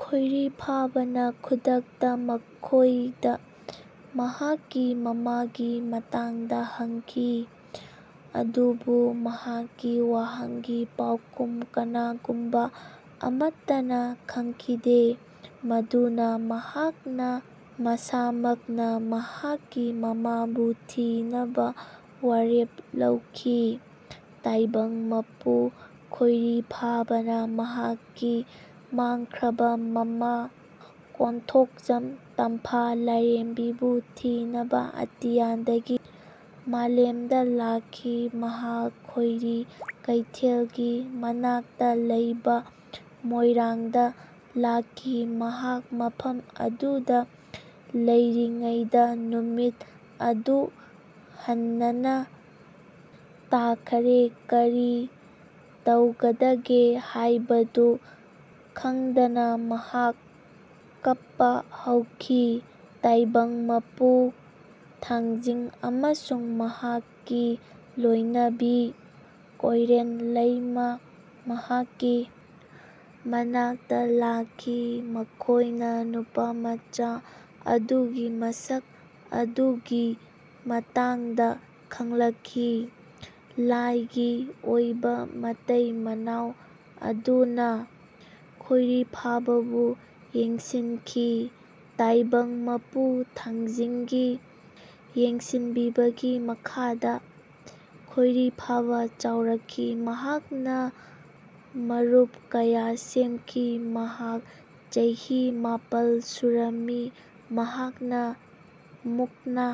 ꯈꯣꯏꯔꯤꯐꯥꯕꯥꯅ ꯈꯨꯗꯛꯇ ꯃꯈꯣꯏꯗ ꯃꯍꯥꯛꯀꯤ ꯃꯃꯥꯒꯤ ꯃꯇꯥꯡꯗ ꯍꯪꯈꯤ꯫ ꯑꯗꯨꯕꯨ ꯃꯍꯥꯛꯀꯤ ꯋꯥꯍꯪꯒꯤ ꯄꯥꯎꯈꯨꯝ ꯀꯅꯥꯒꯨꯝꯕ ꯑꯃꯠꯇꯅ ꯈꯪꯈꯤꯗꯦ꯫ ꯑꯗꯨꯅ ꯃꯍꯥꯛꯅ ꯃꯁꯥꯃꯛꯅ ꯃꯍꯥꯛꯀꯤ ꯃꯃꯥꯕꯨ ꯊꯤꯅꯕ ꯋꯥꯔꯦꯞ ꯂꯧꯈꯤ꯫ ꯇꯥꯏꯕꯪ ꯃꯄꯨ ꯈꯣꯔꯤꯐꯥꯕꯥꯅ ꯃꯍꯥꯛꯀꯤ ꯃꯥꯡꯈ꯭ꯔꯕ ꯃꯃꯥ ꯀꯣꯟꯊꯣꯖꯝ ꯇꯝꯐꯥ ꯂꯥꯏꯔꯦꯝꯕꯤꯕꯨ ꯊꯤꯅꯕ ꯑꯇꯤꯌꯥꯗꯒꯤ ꯃꯥꯂꯦꯝꯗ ꯂꯥꯛꯈꯤ꯫ ꯃꯍꯥꯛ ꯈꯣꯏꯔꯤ ꯀꯩꯊꯦꯜꯒꯤ ꯃꯅꯥꯛꯇ ꯂꯩꯕ ꯃꯣꯏꯔꯥꯡꯗ ꯂꯥꯛꯈꯤ꯫ ꯃꯍꯥꯛ ꯃꯐꯝ ꯑꯗꯨꯗ ꯂꯩꯔꯤꯉꯩꯗ ꯅꯨꯃꯤꯠ ꯑꯗꯨ ꯍꯥꯟꯅꯅ ꯇꯥꯈ꯭ꯔꯦ꯫ ꯀꯔꯤ ꯇꯧꯒꯗꯒꯦ ꯍꯥꯏꯕꯗꯨ ꯈꯪꯗꯅ ꯃꯍꯥꯛ ꯀꯞꯄ ꯍꯧꯈꯤ꯫ ꯇꯥꯏꯕꯪ ꯃꯄꯨ ꯊꯥꯡꯖꯤꯡ ꯑꯃꯁꯨꯡ ꯃꯍꯥꯛꯀꯤ ꯂꯣꯏꯅꯕꯤ ꯀꯣꯏꯔꯦꯟ ꯂꯩꯃꯥ ꯃꯍꯥꯛꯀꯤ ꯃꯅꯥꯛꯇ ꯂꯥꯛꯈꯤ꯫ ꯃꯈꯣꯏꯅ ꯅꯨꯄꯥꯃꯆꯥ ꯑꯗꯨꯒꯤ ꯃꯁꯛ ꯑꯗꯨꯒꯤ ꯃꯇꯥꯡꯗ ꯈꯪꯂꯛꯈꯤ꯫ ꯂꯥꯏꯒꯤ ꯑꯣꯏꯕ ꯃꯇꯩ ꯃꯅꯥꯎ ꯑꯗꯨꯅ ꯈꯣꯏꯔꯤꯐꯥꯕꯥꯕꯨ ꯌꯦꯡꯁꯤꯟꯈꯤ꯫ ꯇꯥꯏꯕꯪ ꯃꯄꯨ ꯊꯥꯡꯖꯤꯡꯒꯤ ꯌꯦꯡꯁꯤꯟꯕꯤꯕꯒꯤ ꯃꯈꯥꯗ ꯈꯣꯏꯔꯤꯐꯥꯕꯥ ꯆꯥꯎꯔꯛꯈꯤ꯫ ꯃꯍꯥꯛꯅ ꯃꯔꯨꯞ ꯀꯌꯥ ꯁꯦꯝꯈꯤ꯫ ꯃꯍꯥꯛ ꯆꯍꯤ ꯃꯥꯄꯜ ꯁꯨꯔꯝꯃꯤ꯫ ꯃꯍꯥꯛꯅ ꯃꯨꯛꯅꯥ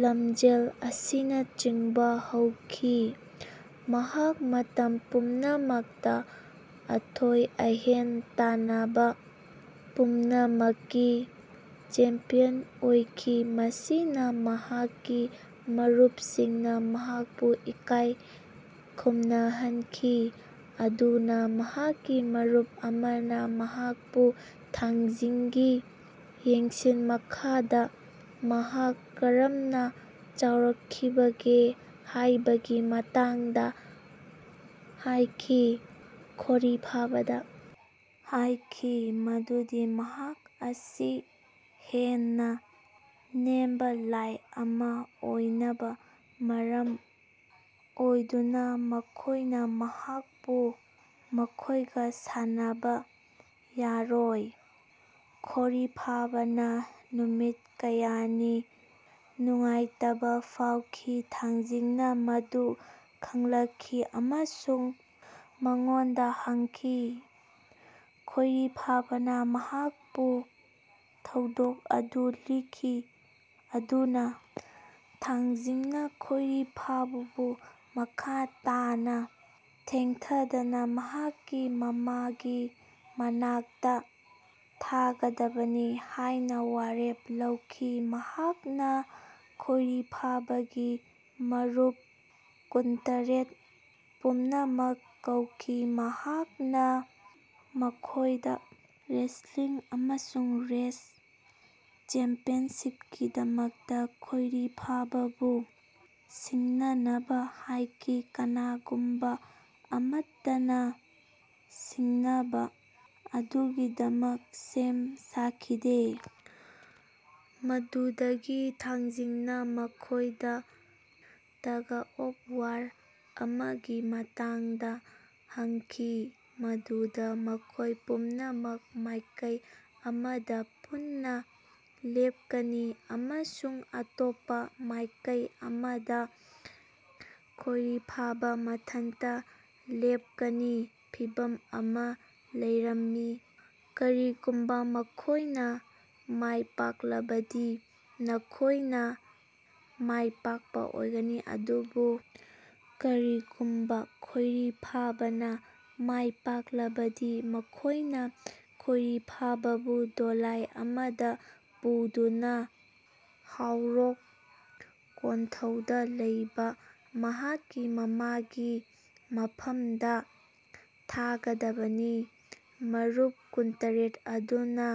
ꯂꯝꯖꯦꯜ ꯑꯁꯤꯅꯆꯤꯡꯕ ꯍꯧꯈꯤ꯫ ꯃꯍꯥꯛ ꯃꯇꯝ ꯄꯨꯝꯅꯃꯛꯇ ꯑꯊꯣꯏ ꯑꯍꯦꯟ ꯇꯥꯟꯅꯕ ꯄꯨꯝꯅꯃꯛꯀꯤ ꯆꯦꯝꯄꯤꯌꯟ ꯑꯣꯏꯈꯤ꯫ ꯃꯁꯤꯅ ꯃꯍꯥꯛꯀꯤ ꯃꯔꯨꯞꯁꯤꯡꯅ ꯃꯍꯥꯛꯄꯨ ꯏꯀꯥꯏ ꯈꯨꯝꯅꯍꯟꯈꯤ꯫ ꯑꯗꯨꯅ ꯃꯍꯥꯛꯀꯤ ꯃꯔꯨꯞ ꯑꯃꯅ ꯃꯍꯥꯛꯄꯨ ꯊꯥꯡꯖꯤꯡꯒꯤ ꯌꯦꯡꯁꯤꯟ ꯃꯈꯥꯗ ꯃꯍꯥꯛ ꯀꯔꯝꯅ ꯆꯥꯎꯔꯛꯈꯤꯕꯒꯦ ꯍꯥꯏꯕꯒꯤ ꯃꯇꯥꯡꯗ ꯍꯥꯏꯈꯤ꯫ ꯈꯣꯔꯤꯐꯥꯕꯥꯗ ꯍꯥꯏꯈꯤ ꯃꯗꯨꯗꯤ ꯃꯍꯥꯛ ꯑꯁꯤ ꯍꯦꯟꯅ ꯅꯦꯝꯕ ꯂꯥꯏ ꯑꯃ ꯑꯣꯏꯕꯅ ꯃꯔꯝ ꯑꯣꯏꯗꯨꯅ ꯃꯈꯣꯏꯅ ꯃꯍꯥꯛꯄꯨ ꯃꯈꯣꯏꯒ ꯁꯥꯟꯅꯕ ꯌꯥꯔꯣꯏ꯫ ꯈꯣꯔꯤꯐꯥꯕꯥꯅ ꯅꯨꯃꯤꯠ ꯀꯌꯥꯅꯤ ꯅꯨꯡꯉꯥꯏꯇꯕ ꯐꯥꯎꯈꯤ꯫ ꯊꯥꯡꯖꯤꯡꯅ ꯃꯗꯨ ꯈꯪꯂꯛꯈꯤ ꯑꯃꯁꯨꯡ ꯃꯉꯣꯟꯗ ꯍꯪꯈꯤ꯫ ꯈꯣꯏꯔꯤꯐꯥꯕꯥꯅ ꯃꯍꯥꯛꯄꯨ ꯊꯧꯗꯣꯛ ꯑꯗꯨ ꯂꯤꯈꯤ꯫ ꯑꯗꯨꯅ ꯊꯥꯡꯖꯤꯡꯅ ꯈꯣꯏꯔꯤꯐꯥꯕꯥꯕꯨ ꯃꯈꯥ ꯇꯥꯅ ꯊꯦꯡꯊꯗꯅ ꯃꯍꯥꯛꯀꯤ ꯃꯃꯥꯒꯤ ꯃꯅꯥꯛꯇ ꯊꯥꯒꯗꯕꯅꯤ ꯍꯥꯏꯅ ꯋꯥꯔꯦꯞ ꯂꯧꯈꯤ꯫ ꯃꯍꯥꯛꯅ ꯈꯣꯏꯔꯤꯐꯥꯕꯥꯒꯤ ꯃꯔꯨꯞ ꯀꯨꯟꯇꯔꯦꯠ ꯄꯨꯝꯅꯃꯛ ꯀꯧꯈꯤ꯫ ꯃꯍꯥꯛꯅ ꯃꯈꯣꯏꯗ ꯔꯦꯁꯠꯂꯤꯡ ꯑꯃꯁꯨꯡ ꯔꯦꯁ ꯆꯦꯝꯄꯤꯌꯟꯁꯤꯞꯀꯤꯗꯃꯛ ꯈꯣꯏꯔꯤꯐꯥꯕꯥꯕꯨ ꯁꯤꯡꯅꯅꯕ ꯍꯥꯏꯈꯤ꯫ ꯀꯅꯥꯒꯨꯝꯕ ꯑꯃꯠꯇꯅ ꯁꯤꯡꯅꯕ ꯑꯗꯨꯒꯤꯗꯃꯛ ꯁꯦꯝ ꯁꯥꯈꯤꯗꯦ꯫ ꯑꯗꯨꯗꯒꯤ ꯊꯥꯡꯖꯤꯡꯅ ꯃꯈꯣꯏꯗ ꯇꯒ ꯑꯣꯐ ꯋꯥꯔ ꯑꯃꯒꯤ ꯃꯇꯥꯡꯗ ꯍꯪꯈꯤ ꯃꯗꯨꯗ ꯃꯈꯣꯏ ꯄꯨꯝꯅꯃꯛ ꯃꯥꯏꯀꯩ ꯑꯃꯗ ꯄꯨꯟꯅ ꯂꯦꯞꯀꯅꯤ ꯑꯃꯁꯨꯡ ꯑꯇꯣꯞꯄ ꯃꯥꯏꯀꯩ ꯑꯃꯗ ꯈꯣꯏꯔꯤꯐꯥꯕꯥ ꯃꯊꯟꯇ ꯂꯦꯞꯀꯅꯤ꯫ ꯐꯤꯚꯝ ꯑꯃ ꯂꯩꯔꯝꯃꯤ꯫ ꯀꯔꯤꯒꯨꯝꯕ ꯃꯈꯣꯏꯅ ꯃꯥꯏꯄꯥꯛꯂꯕꯗꯤ ꯃꯈꯣꯏꯅ ꯃꯥꯏꯄꯥꯛꯄ ꯑꯣꯏꯒꯅꯤ꯫ ꯑꯗꯨꯕꯨ ꯀꯔꯤꯒꯨꯝꯕ ꯈꯣꯏꯔꯤꯐꯥꯕꯥꯅ ꯃꯥꯏꯄꯥꯛꯂꯕꯗꯤ ꯃꯈꯣꯏꯅ ꯈꯣꯏꯔꯤꯐꯥꯕꯥꯕꯨ ꯗꯣꯂꯥꯏ ꯑꯃꯗ ꯄꯨꯗꯨꯅ ꯍꯥꯎꯔꯣꯛ ꯀꯣꯟꯊꯧꯗ ꯂꯩꯕ ꯃꯍꯥꯛꯀꯤ ꯃꯃꯥꯒꯤ ꯃꯐꯝꯗ ꯊꯥꯒꯗꯕꯅꯤ꯫ ꯃꯔꯨꯞ ꯀꯨꯟꯇꯔꯦꯠ ꯑꯗꯨꯅ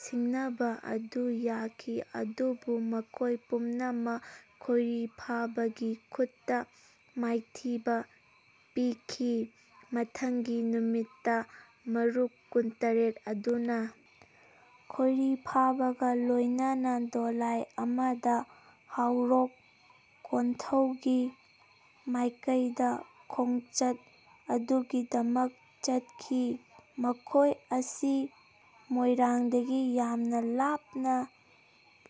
ꯁꯤꯡꯅꯕ ꯑꯗꯨ ꯌꯥꯈꯤ꯫ ꯑꯗꯨꯕꯨ ꯃꯈꯣꯏ ꯄꯨꯝꯅꯃꯛ ꯈꯣꯏꯔꯤꯐꯥꯕꯥꯒꯤ ꯈꯨꯠꯇ ꯃꯥꯏꯊꯤꯕ ꯄꯤꯈꯤ꯫ ꯃꯊꯪꯒꯤ ꯅꯨꯃꯤꯠꯇ ꯃꯔꯨꯞ ꯀꯨꯟꯇꯔꯦꯠ ꯑꯗꯨꯅ ꯈꯣꯏꯔꯤꯐꯥꯕꯥꯒ ꯂꯣꯏꯅꯅ ꯗꯣꯂꯥꯏ ꯑꯃꯗ ꯍꯥꯎꯔꯣꯛ ꯀꯣꯟꯊꯧꯒꯤ ꯃꯥꯏꯀꯩꯗ ꯈꯣꯡꯆꯠ ꯑꯗꯨꯒꯤꯗꯃꯛ ꯆꯠꯈꯤ꯫ ꯃꯈꯣꯏ ꯑꯁꯤ ꯃꯣꯏꯔꯥꯡꯗꯒꯤ ꯌꯥꯝꯅ ꯂꯥꯞꯅ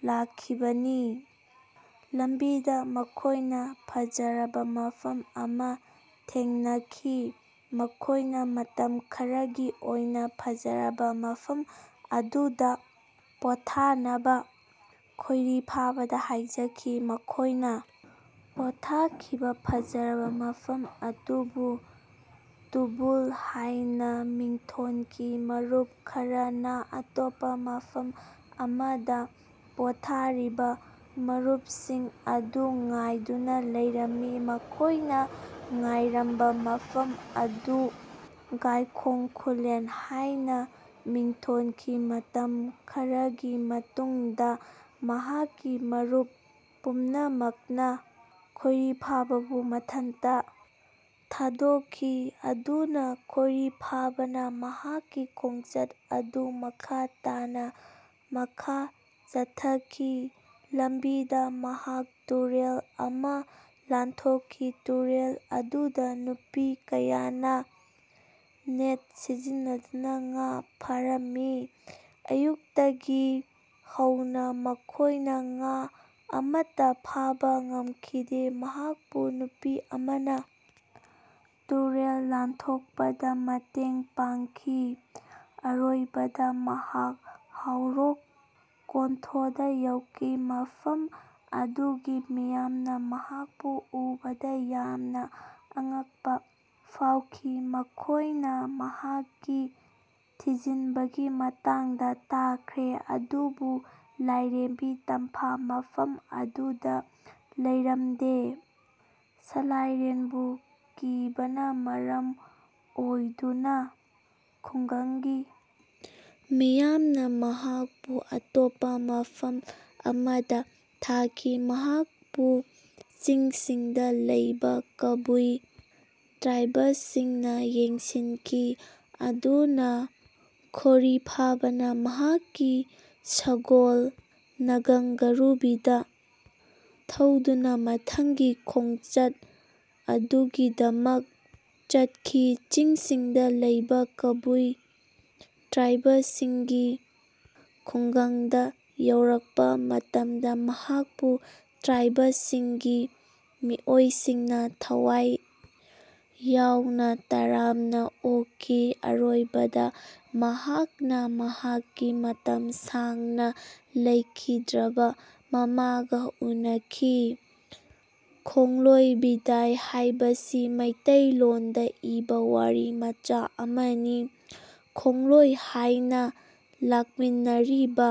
ꯂꯥꯛꯈꯤꯕꯅꯤ꯫ ꯂꯝꯕꯤꯗ ꯃꯈꯣꯏꯅ ꯐꯖꯔꯕ ꯃꯐꯝ ꯑꯃ ꯊꯦꯡꯅꯈꯤ꯫ ꯃꯈꯣꯏꯅ ꯃꯇꯝ ꯈꯔꯒꯤ ꯑꯣꯏꯅ ꯐꯖꯔꯕ ꯃꯐꯝ ꯑꯗꯨꯗ ꯄꯣꯊꯥꯅꯕ ꯈꯣꯏꯔꯤꯐꯥꯕꯥꯗ ꯍꯥꯏꯖꯈꯤ꯫ ꯃꯈꯣꯏꯅ ꯄꯣꯊꯥꯈꯤꯕ ꯐꯖꯔꯕ ꯃꯐꯝ ꯑꯗꯨ ꯇꯨꯕꯨꯜ ꯍꯥꯏꯅ ꯃꯤꯡꯊꯣꯟꯈꯤ꯫ ꯃꯔꯨꯞ ꯈꯔꯅ ꯑꯇꯣꯞꯄ ꯃꯐꯝ ꯑꯃꯗ ꯄꯣꯊꯥꯔꯤꯕ ꯃꯔꯨꯞꯁꯤꯡ ꯑꯗꯨ ꯉꯥꯏꯗꯨꯅ ꯂꯩꯔꯝꯃꯤ꯫ ꯃꯈꯣꯏꯅ ꯉꯥꯏꯔꯝꯕ ꯃꯐꯝ ꯑꯗꯨ ꯒꯥꯏꯈꯣꯡ ꯈꯨꯜꯂꯦꯟ ꯍꯥꯏꯅ ꯃꯤꯡꯊꯣꯟꯈꯤ꯫ ꯃꯇꯝ ꯈꯔꯒꯤ ꯃꯇꯨꯡꯗ ꯃꯍꯥꯛꯀꯤ ꯃꯔꯨꯞ ꯄꯨꯝꯅꯃꯛꯅ ꯈꯣꯏꯔꯤꯐꯥꯕꯥꯕꯨ ꯃꯊꯟꯇ ꯊꯥꯗꯣꯛꯈꯤ꯫ ꯑꯗꯨꯅ ꯈꯣꯏꯔꯤꯐꯥꯕꯥꯅ ꯃꯍꯥꯛꯀꯤ ꯈꯣꯡꯆꯠ ꯑꯗꯨ ꯃꯈꯥ ꯇꯥꯅ ꯃꯈꯥ ꯆꯠꯊꯈꯤ꯫ ꯂꯝꯕꯤꯗ ꯃꯍꯥꯛ ꯇꯨꯔꯦꯜ ꯑꯃ ꯂꯥꯟꯊꯣꯛꯈꯤ꯫ ꯇꯨꯔꯦꯜ ꯑꯗꯨꯗ ꯅꯨꯄꯤ ꯀꯌꯥꯅ ꯅꯦꯠ ꯁꯤꯖꯤꯟꯅꯗꯨꯅ ꯉꯥ ꯐꯥꯔꯝꯃꯤ꯫ ꯑꯌꯨꯛꯇꯒꯤ ꯍꯧꯅ ꯃꯈꯣꯏꯅ ꯉꯥ ꯑꯃꯠꯇ ꯐꯥꯕ ꯉꯝꯈꯤꯗꯦ꯫ ꯃꯍꯥꯛꯄꯨ ꯅꯨꯄꯤ ꯑꯃꯅ ꯇꯨꯔꯦꯜ ꯂꯥꯟꯊꯣꯛꯄꯗ ꯃꯇꯦꯡ ꯄꯥꯡꯈꯤ꯫ ꯑꯔꯣꯏꯕꯗ ꯃꯍꯥꯛ ꯍꯥꯎꯔꯣꯛ ꯀꯣꯟꯊꯣꯗ ꯌꯧꯈꯤ꯫ ꯃꯐꯝ ꯑꯗꯨꯒꯤ ꯃꯤꯌꯥꯝꯅ ꯃꯍꯥꯛꯄꯨ ꯎꯕꯗ ꯌꯥꯝꯅ ꯑꯉꯛꯄ ꯐꯥꯎꯈꯤ꯫ ꯃꯈꯣꯏꯅ ꯃꯍꯥꯛꯀꯤ ꯊꯤꯖꯤꯟꯕꯒꯤ ꯃꯇꯥꯡꯗ ꯇꯥꯈ꯭ꯔꯦ꯫ ꯑꯗꯨꯕꯨ ꯂꯥꯏꯔꯦꯝꯕꯤ ꯇꯝꯐꯥ ꯃꯐꯝ ꯑꯗꯨꯗ ꯂꯩꯔꯝꯗꯦ꯫ ꯁꯥꯂꯥꯏꯂꯦꯟꯕꯨ ꯀꯤꯕꯅ ꯃꯔꯝ ꯑꯣꯏꯗꯨꯅ ꯈꯨꯡꯒꯪꯒꯤ ꯃꯤꯌꯥꯝꯅ ꯃꯍꯥꯛꯄꯨ ꯑꯇꯣꯞꯄ ꯃꯐꯝ ꯑꯃꯗ ꯊꯥꯈꯤ꯫ ꯃꯍꯥꯛꯄꯨ ꯆꯤꯡꯁꯤꯡꯗ ꯂꯩꯕ ꯀꯥꯕꯨꯏ ꯇ꯭ꯔꯥꯏꯕꯁꯤꯡꯅ ꯌꯦꯡꯁꯤꯟꯈꯤ꯫ ꯑꯗꯨꯅ ꯈꯣꯔꯤꯐꯥꯕꯥꯅ ꯃꯍꯥꯛꯀꯤ ꯁꯒꯣꯜ ꯅꯒꯪꯒ꯭ꯔꯨꯕꯤꯗ ꯊꯧꯗꯨꯅ ꯃꯊꯪꯒꯤ ꯈꯣꯡꯆꯠ ꯑꯗꯨꯒꯤꯗꯃꯛ ꯆꯠꯈꯤ꯫ ꯆꯤꯡꯁꯤꯡꯗ ꯂꯩꯕ ꯀꯕꯨꯏ ꯇ꯭ꯔꯥꯏꯕꯁꯤꯡꯒꯤ ꯈꯨꯡꯒꯪꯗ ꯌꯧꯔꯛꯄ ꯃꯇꯝꯗ ꯃꯍꯥꯛꯄꯨ ꯇ꯭ꯔꯥꯏꯕꯁꯤꯡꯒꯤ ꯃꯤꯑꯣꯏꯁꯤꯡꯅ ꯊꯋꯥꯏ ꯌꯥꯎꯅ ꯇꯔꯥꯝꯅ ꯑꯣꯛꯈꯤ꯫ ꯑꯔꯣꯏꯕꯗ ꯃꯍꯥꯛꯅ ꯃꯍꯥꯛꯀꯤ ꯃꯇꯝ ꯁꯥꯡꯅ ꯂꯩꯈꯤꯗ꯭ꯔꯕ ꯃꯃꯥꯒ ꯎꯅꯈꯤ꯫ ꯈꯣꯡꯂꯣꯏ ꯕꯤꯗꯥꯏ ꯍꯥꯏꯕꯁꯤ ꯃꯤꯇꯩꯂꯣꯟꯗ ꯏꯕ ꯋꯥꯔꯤ ꯃꯆꯥ ꯑꯃꯅꯤ꯫ ꯈꯣꯡꯂꯣꯏ ꯑꯣꯏꯅ ꯂꯥꯛꯃꯤꯟꯅꯔꯤꯕ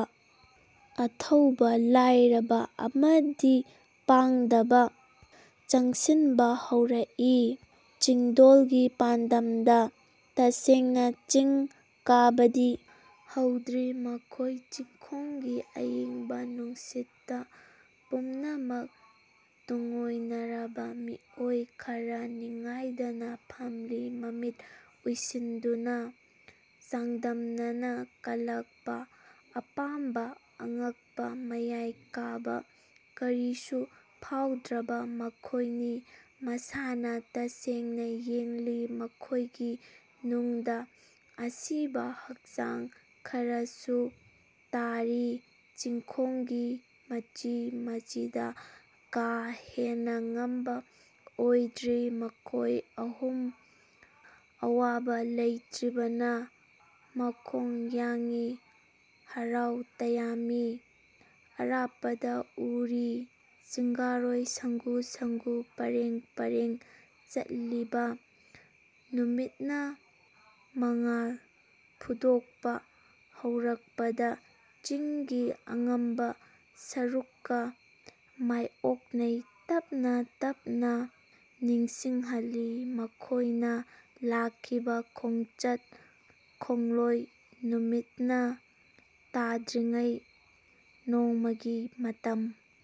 ꯑꯊꯧꯕ ꯂꯥꯏꯔꯕ ꯑꯃꯗꯤ ꯄꯥꯡꯗꯕ ꯆꯪꯁꯤꯟꯕ ꯍꯧꯔꯛꯏ ꯆꯤꯡꯗꯣꯟꯒꯤ ꯄꯥꯟꯗꯝꯗ꯫ ꯇꯁꯦꯡꯅ ꯆꯤꯡ ꯀꯥꯕꯗꯤ ꯍꯧꯗ꯭ꯔꯤ ꯃꯈꯣꯏ꯫ ꯆꯤꯡꯈꯣꯡꯒꯤ ꯑꯏꯪꯕ ꯅꯨꯡꯁꯤꯠꯇ ꯄꯨꯝꯅꯃꯛ ꯇꯨꯡꯑꯣꯏꯅꯔꯕ ꯃꯤꯑꯣꯏ ꯈꯔ ꯅꯤꯡꯉꯥꯏꯗꯅ ꯐꯝꯂꯤ ꯃꯃꯤꯠ ꯎꯏꯁꯤꯟꯗꯨꯅ꯫ ꯆꯥꯡꯗꯝꯅꯅ ꯀꯜꯂꯛꯄ ꯑꯄꯥꯝꯕ ꯑꯉꯛꯄ ꯃꯌꯥꯏ ꯀꯥꯕ ꯀꯔꯤꯁꯨ ꯐꯥꯎꯗ꯭ꯔꯕ ꯃꯈꯣꯏꯅꯤ꯫ ꯃꯁꯥꯅ ꯇꯁꯦꯡꯅ ꯌꯦꯡꯂꯤ ꯃꯈꯣꯏꯒꯤ ꯅꯨꯡꯗ꯫ ꯑꯁꯤꯕ ꯍꯛꯆꯥꯡ ꯈꯔꯁꯨ ꯇꯥꯔꯤ ꯆꯤꯡꯈꯣꯡꯒꯤ ꯃꯆꯤ ꯃꯆꯤꯗ꯫ ꯀꯥ ꯍꯦꯟꯅ ꯉꯝꯕ ꯑꯣꯏꯗ꯭ꯔꯤ꯫ ꯃꯈꯣꯏ ꯑꯍꯨꯝ ꯑꯋꯥꯕ ꯂꯩꯇ꯭ꯔꯤꯕꯅ ꯃꯈꯣꯡ ꯌꯥꯡꯏ ꯍꯔꯥꯎ ꯇꯌꯥꯝꯃꯤ꯫ ꯑꯔꯥꯞꯄꯗ ꯎꯔꯤ ꯆꯤꯡꯒꯥꯔꯣꯏ ꯁꯪꯒꯨ ꯁꯪꯒꯨ ꯄꯔꯦꯡ ꯄꯔꯦꯡ ꯆꯠꯂꯤꯕ꯫ ꯅꯨꯃꯤꯠꯅ ꯃꯉꯥꯜ ꯐꯨꯗꯣꯛꯄ ꯍꯧꯔꯛꯄꯗ ꯆꯤꯡꯒꯤ ꯑꯉꯝꯕ ꯁꯔꯨꯛꯀ ꯃꯥꯏꯑꯣꯛꯅꯩ꯫ ꯇꯞꯅ ꯇꯞꯅ ꯅꯤꯡꯁꯤꯡꯍꯜꯂꯤ ꯃꯈꯣꯏꯅ ꯂꯥꯛꯈꯤꯕ ꯈꯣꯡꯆꯠ ꯈꯣꯡꯂꯣꯏ ꯅꯨꯃꯤꯠꯅ ꯇꯥꯈꯤꯗ꯭ꯔꯤꯉꯩ ꯅꯣꯡꯃꯒꯤ ꯃꯇꯝ꯫